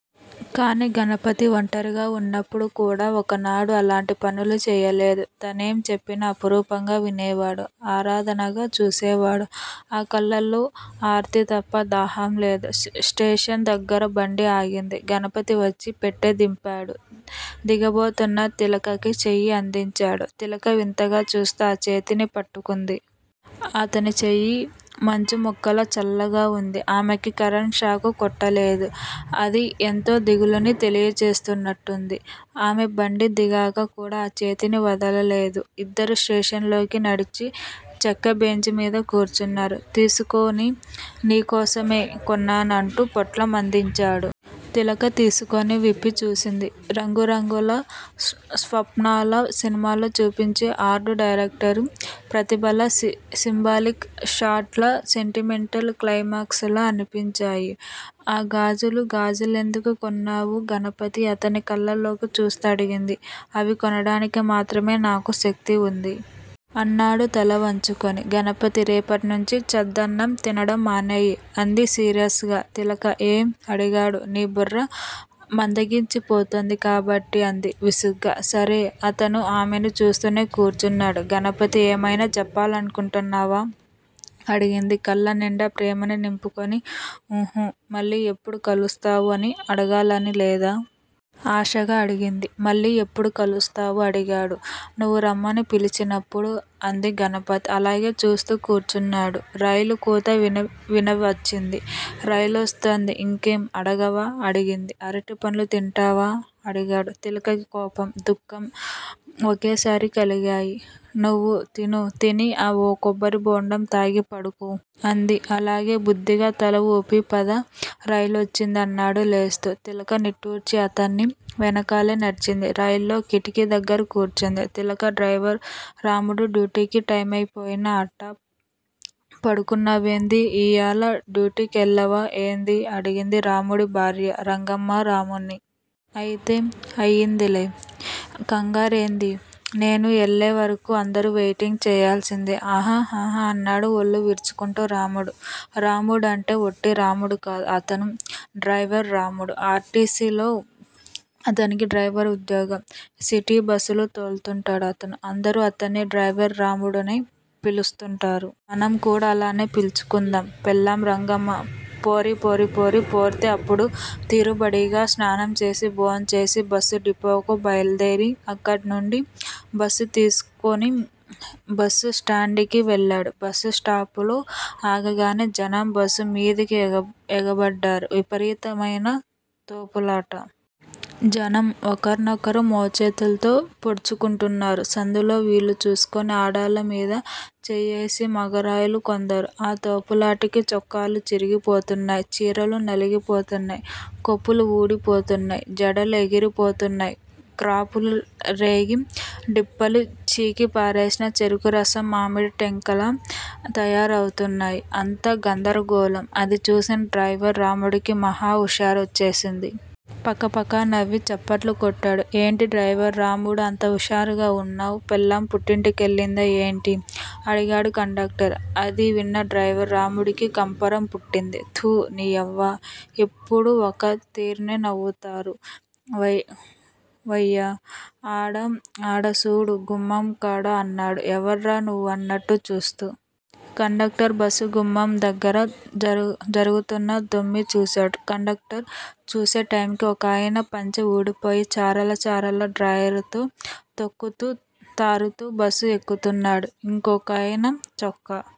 కానీ గణపతి ఒంటరిగా ఉన్నప్పుడు కూడా ఒక్కనాడూ అలాంటి పనులు చెయ్యలేదు. తనేం చెప్పినా అపురూపంగా వినేవాడు! ఆరాధనగా చూసేవాడు. ఆ కళ్ళల్లో ఆర్తి తప్ప దాహం లేదు! స్టేషన్ దగ్గర బండి ఆగింది. గణపతివచ్చి పెట్టె దింపాడు. దిగబోతున్న తిలకకి చెయ్యి అందించాడు. తిలక వింతగా చూస్తూ ఆ చేతిని పట్టుకుంది. అతని చెయ్యి మంచుముక్కలా చల్లగా ఉంది. ఆమెకి కరెంట్ షాక్ కొట్టలేదు. అది యెంతో దిగులుని తెలియజేస్తున్నట్టుంది. ఆమె బండి దిగాక కూడా ఆ చేతిని వదలలేదు. ఇద్దరూ స్టేషన్ లోకి నడిచి చెక్క బెంచీ మీద కూర్చున్నారు. తీసుకో నీ కోసమే కొన్నాను అంటూ పొట్లం అందించాడు. తిలక తీసుకుని విప్పి చూసింది. రంగురంగుల స్వప్నాల్లా సినిమాల్లో చూపించే ఆర్టు డైరెక్టర్ ప్రతిభలా సింబాలిక్ షాట్ లా సెంటిమెంటల్ క్లైమాక్స్ లా అనిపించాయి ఆ గాజులు! గాజులెందుకు కొన్నావు గణపతీ! అతని కళ్ళల్లోకి చూస్తూ అడిగింది. అవి కొనడానికి మాత్రమే నాకు శక్తి ఉంది! అన్నాడు తలవంచుకుని. గణపతీ! రేపటినుంచీ చద్దన్నం తినడం మానెయ్యి! అంది సీరియస్ గా తిలక. ఏం? అడిగాడు. నీ బుర్ర మందగించిపోతోంది కాబట్టి! అంది విసుగ్గా. సరే! అతను ఆమెను చూస్తూనే కూర్చున్నాడు. గణపతీ! ఏమైనా చెప్పాలనుకుంటున్నావా? అడిగింది కళ్ళనిండా ప్రేమని నింపుకుని. ఊహుఁ. మళ్ళీ ఎప్పుడు కలుస్తావూ అని అడగాలని లేదా? ఆశగా అడిగింది. మళ్ళీ ఎప్పుడు కలుస్తావూ? అడిగాడు. నువ్వు రమ్మని పిలిచినప్పుడు! అంది. గణపతి అలాగే చూస్తూ కూర్చున్నాడు. రైలు కూత వినవచ్చింది. రైలొస్తోంది. ఇంకేం అడగవా? అడిగింది. అరటిపండ్లు తింటావా? అడిగాడు. తిలకకి కోపం, దుఃఖం ఒకేసారి కలిగాయి. నువ్వు తిను తిని, ఓ కొబ్బరి బోండాం తాగి పడుకో! అంది. అలాగే! బుద్దిగా తల ఊపి, పద రైలొచ్చింది! అన్నాడు లేస్తూ. తిలక నిట్టూర్చి అతని వెనకాలే నడిచింది. రైల్లో కిటికీ దగ్గర కూర్చుంది తిలక. డ్రైవర్ రాముడు డ్యూటీకి టైమైపోయినా అట్టా పడుకున్నావేంది. ఈయాల డ్యూటీకెళ్ళవా ఏంది? అడిగింది రాముడి భార్య రంగమ్మ రాముడ్ని. అయితే అయిందిలే కంగారేంది? నేను ఎల్లేవర్కూ అందరూ వెయిటింగ్ సెయ్యాల్సిందే! హ హ హ అన్నాడు ఒళ్లు విరుచుకుంటూ రాముడు. రాముడంటే ఒట్టి రాముడు కాదు అతను, డ్రైవర్ రాముడు. ఆర్టీసిలో అతనికి డ్రైవర్ ఉద్యోగం. సిటీ బస్సులు తోల్తుంటాడు అతను. అందరూ అతడ్ని డ్రైవర్ రాముడునే పిలుస్తుంటారు. మనం కూడా అలానే పిల్చుకుందాం. పెళ్లాం రంగమ్మ పోరీ పోరీ పోరీ పోర్తే అప్పుడు తీరుబడిగా స్నానం చేసి, భోంచేసి బస్సు డిపోకి బయలుదేరి అక్కడినుండి బస్సు తీస్కుని బస్సు స్టాండుకి వెళ్ళాడు బస్సు స్టాపులో ఆగగానే జనం బస్సు మీదికి ఎగబడ్డారు. విపరీతమైన తోపులాట! జనం ఒకర్నొకరు మోచేతుల్తో పొడుచుకుంటున్నారు సందులో వీలు చూస్కుని ఆడాళ్ళ మీద చెయ్యేసి మగరాయుళ్ళు కొందరు! ఆ తోపులాటకి చొక్కాలు చిరిగి పోతున్నాయ్. చీరలు నగిలి పోతున్నాయ్. కొప్పులు ఊడి పోతున్నాయ్ జడలు ఎగిరి పోతున్నాయ్ క్రాపులు రేగి, డిప్పలు చీకి పారేసిన చెరుకు రసం మామిడి టెంకల్లా తయారవుతున్నాయ్ అంతా గందరగోళం అది చూసిన డ్రైవర్ రాముడికి మహా హుషారోచ్చేసింది. పకపకా నవ్వి చప్పట్లు కొట్టాడు. ఏంటి డ్రైవర్ రాముడూ అంత హుషారుగా ఉన్నావ్? పెళ్లాం పుట్టింటికెళ్ళిందా ఏంటి? అడిగాడు కండక్టర్. అది విన్న డ్రైవర్ రాముడికి కంపరం పుట్టింది. థూ నియవ్వ? ఎప్పుడూ ఒక్క తీర్నే నవ్వుతార్ వయ్య? ఆడ సూడు గుమ్మంకాడ అన్నాడు ఎవడ్రా నువ్వూ అన్నట్టు చూస్తూ. కండక్టర్ బస్సు గుమ్మం దగ్గర జరుగుతున్న దొమ్మీ చూశాడు. కండక్టర్ చూసే టైంకి ఒకాయన పంచె ఊడిపోయి, చారల చారల డ్రాయరుతో తొక్కుతూ తారుతూ బస్సు ఎక్కుతున్నాడు. ఇంకొకయన చొక్కా